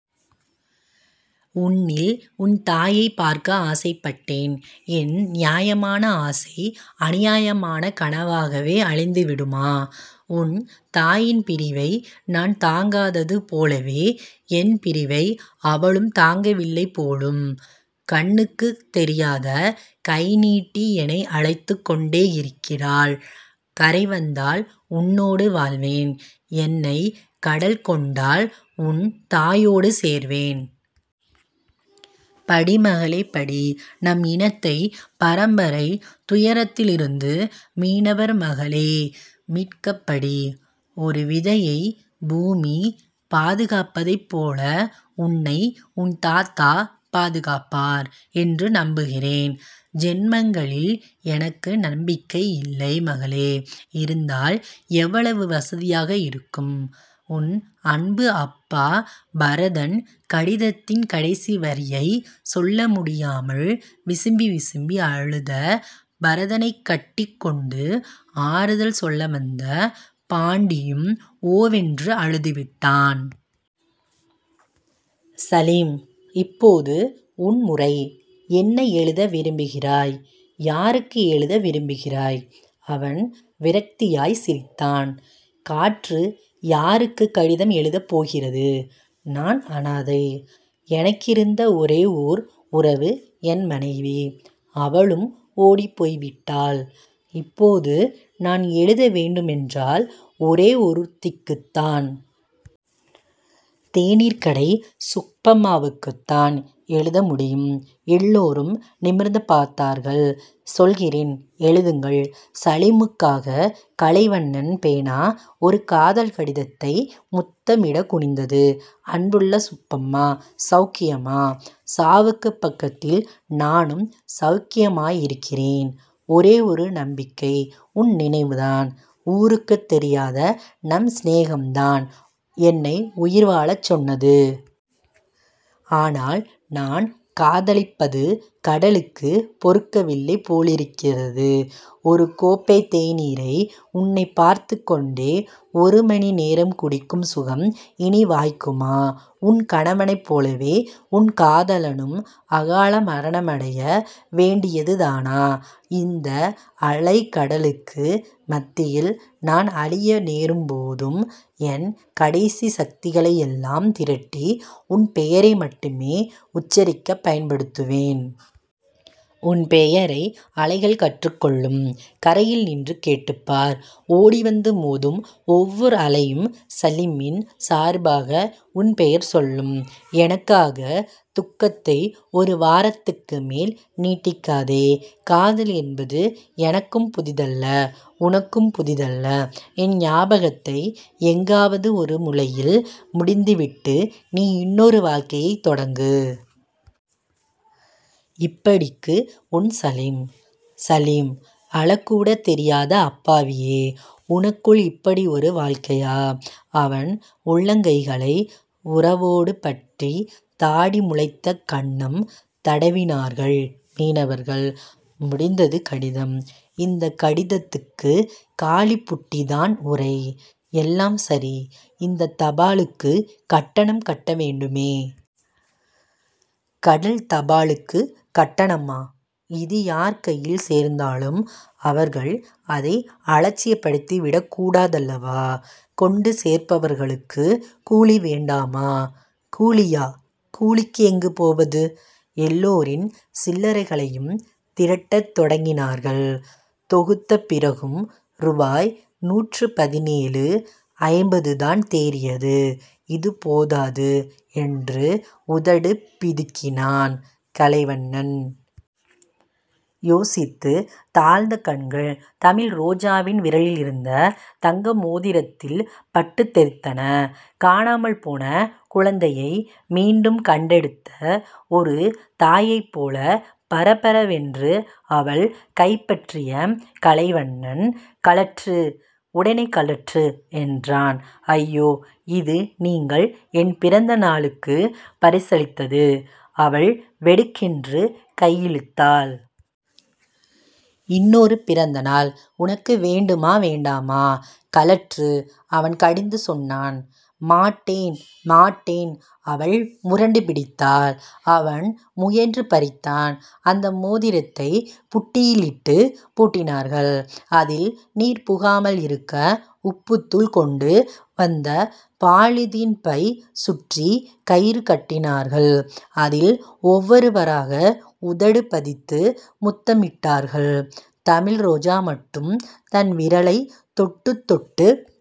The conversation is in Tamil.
உன்னில் உன் தாயைப் பார்க்க ஆசைப்பட்டேன். என் நியாயமான ஆசை அநியாயமான கனவாகவே அழிந்துவிடுமா? உன் தாயின் பிரிவை நான் தாங்காதது போலவே என் பிரிவை அவளும் தாங்கவில்லைபோலும். கண்ணுக்குத் தெரியாத கைநீட்டி என்னை அழைத்துக் கொண்டேயிருக்கிறாள். கரை வந்தால் உன்னோடு வாழ்வேன். என்னைக் கடல்கொண்டால் உன் தாயோடு சேர்வேன். படி மகளே. படி. நம் இனத்தைப் பரம்பரைத் துயரிலிருந்து மீனவர்மகளே... மீட்கப் படி. ஒரு விதையைப் பூமி பாதுகாப்பதைப் போல உன்னை உன் தாத்தா பாதுகாப்பார் என்று நம்புகிறேன். ஜென்மங்களில் எனக்கு நம்பிக்கை இல்லை மகளே. இருந்தால் எவ்வளவு வசதியாக இருக்கும். உன் அன்பு அப்பா, பரதன் கடிதத்தின் கடைசி வரியைச் சொல்லமுடியாமல் விசும்பி விசும்பி அழுத பரதனைக் கட்டிக்கொண்டு ஆறுதல் சொல்லவந்த பாண்டியும் ஓவென்று அழுதுவிட்டான். சலீம். இப்போது உன் முறை. என்ன எழுத விரும்புகிறாய்? யாருக்கு எழுத விரும்புகிறாய்? அவன் விரக்தியாய்ச் சிரித்தான். காற்று யாருக்குக் கடிதம் எழுதப் போகிறது? நான் அநாதை. எனக்கிருந்த ஒரே ஓர் உறவு என் மனைவி. அவளும் ஓடிப் போய்விட்டாள். இப்போது நான் எழுத வேண்டுமென்றால் ஒரே ஒருத்திக்குத்தான். தேநீர்க்கடை சுப்பம்மாவுக்குத்தான் எழுதமுடியும். எல்லோரும் நிமிர்ந்து பார்த்தார்கள். சொல்கிறேன் எழுதுங்கள். சலீமுக்காகக் கலைவண்ணன் பேனா ஒரு காதல் கடிதத்தை முத்தமிடக் குனிந்தது. அன்புள்ள சுப்பம்மா. செளக்கியமா? சாவுக்குப் பக்கத்தில் நானும் செளக்கியமாயிருக்கிறேன். ஒரே ஒரு நம்பிக்கை உன் நினைவுதான். ஊருக்குத் தெரியாத நம் சிநேகம்தான் என்னை உயிர்வாழச் சொன்னது. ஆனால், நான் காதலிப்பது கடலுக்குப் பொறுக்கவில்லை போலிருக்கிறது. ஒரு கோப்பைத் தேநீரை உன்னைப் பார்த்துக் கொண்டே ஒரு மணி நேரம் குடிக்கும் சுகம் இனி வாய்க்குமா? உன் கணவனைப் போலவே உன் காதலனும் அகால மரணமடைய வேண்டியதுதானா? இந்த அலைகடலுக்கு மத்தியில் நான் அழிய நேரும்போதும் என் கடைசிச் சக்திகளையெல்லாம் திரட்டி உன் பெயரை மட்டுமே உச்சரிக்கப் பயன்படுத்துவேன். உன் பெயரை அலைகள் கற்றுக்கொள்ளும். கரையில் நின்று கேட்டுப்பார். ஓடிவந்து மோதும் ஒவ்வோர் அலையும் சலீமின் சார்பாக உன் பெயர் சொல்லும். எனக்கான துக்கத்தை ஒருவாரத்துக்கு மேல் நீட்டிக்காதே. காதல் என்பது எனக்கும் புதிதல்ல. உனக்கும் புதிதல்ல. என் ஞாபகத்தை எங்காவது ஒரு முலையில் முடிந்துவிட்டு நீ இன்னொரு வாழ்க்கை தொடங்கு. இப்படிக்கு, உன் சலீம். சலீம். அழக்கூடத் தெரியாத அப்பாவியே. உனக்குள் இப்படி ஒரு வாழ்க்கையா? அவன் உள்ளங்கைகளை உறவோடு பற்றித் தாடி முளைத்த கன்னம் தடவினார்கள் மீனவர்கள். முடிந்தது கடிதம். இந்தக் கடிதத்துக்குக் காலிபுட்டிதான் உறை. எல்லாம் சரி.. இந்தத் தபாலுக்குக் கட்டணம் கட்ட வேண்டுமே... கடல் தபாலுக்குக் கட்டணமா? இது யார் கையில் சேர்ந்தாலும் அவர்கள் அதை அலட்சியப்படுத்திவிடக் கூடாதல்லவா. கொண்டு சேர்ப்பவர்களுக்குக் கூலிவேண்டாமா? கூலியா? கூலிக்கு எங்கு போவது? எல்லாரின் சில்லறைகளையும் திரட்டத் தொடங்கினார்கள். தொகுத்தபிறகும் ருபாய் நூற்றுப்பதினேழு ஐம்பதுதான் தேறியது. இது போதாது என்று உதடு பிதுக்கினான் கலைவண்ணன். யோசித்துத் தாழ்ந்த கண்கள், தமிழ்ரோஜாவின் விரலிலிருந்த தங்கமோதிரத்தில் பட்டுத் தெறித்தன. காணாமல்போன குழந்தையை மீண்டும் கண்டெடுத்த ஒரு தாயைப் போலப் பரபரவென்று அவள் கைபற்றிய கலைவண்ணன் கழற்று. உடனே கழற்று என்றான். அய்யோ. இது நீங்கள் என் பிறந்த நாளுக்குப் பரிசளித்தது அவள் வெடுக்கென்று கையிழுத்தாள். இன்னொரு பிறந்த நாள் உனக்கு வேண்டுமா வேண்டாமா கழற்று அவன் கடிந்து சொன்னான். மாட்டேன்... மாட்டேன்... அவள் முரண்டுபிடித்தாள். அவன் முயன்று பறித்தான். அந்த மோதிரத்தைப் புட்டியிலிட்டுப் பூட்டினார்கள். அதில் நீர்புகாமல் இருக்க உப்புத்தூள் கொண்டு வந்த பாலிதீன் பை சுற்றிக் கயிறு கட்டினார்கள். அதில் ஒவ்வொருவராக உதடு பதித்து முத்தமிட்டார்கள். தமிழ்ரோஜா மட்டும் தன் விரலைத் தொட்டுத் தொட்டுப்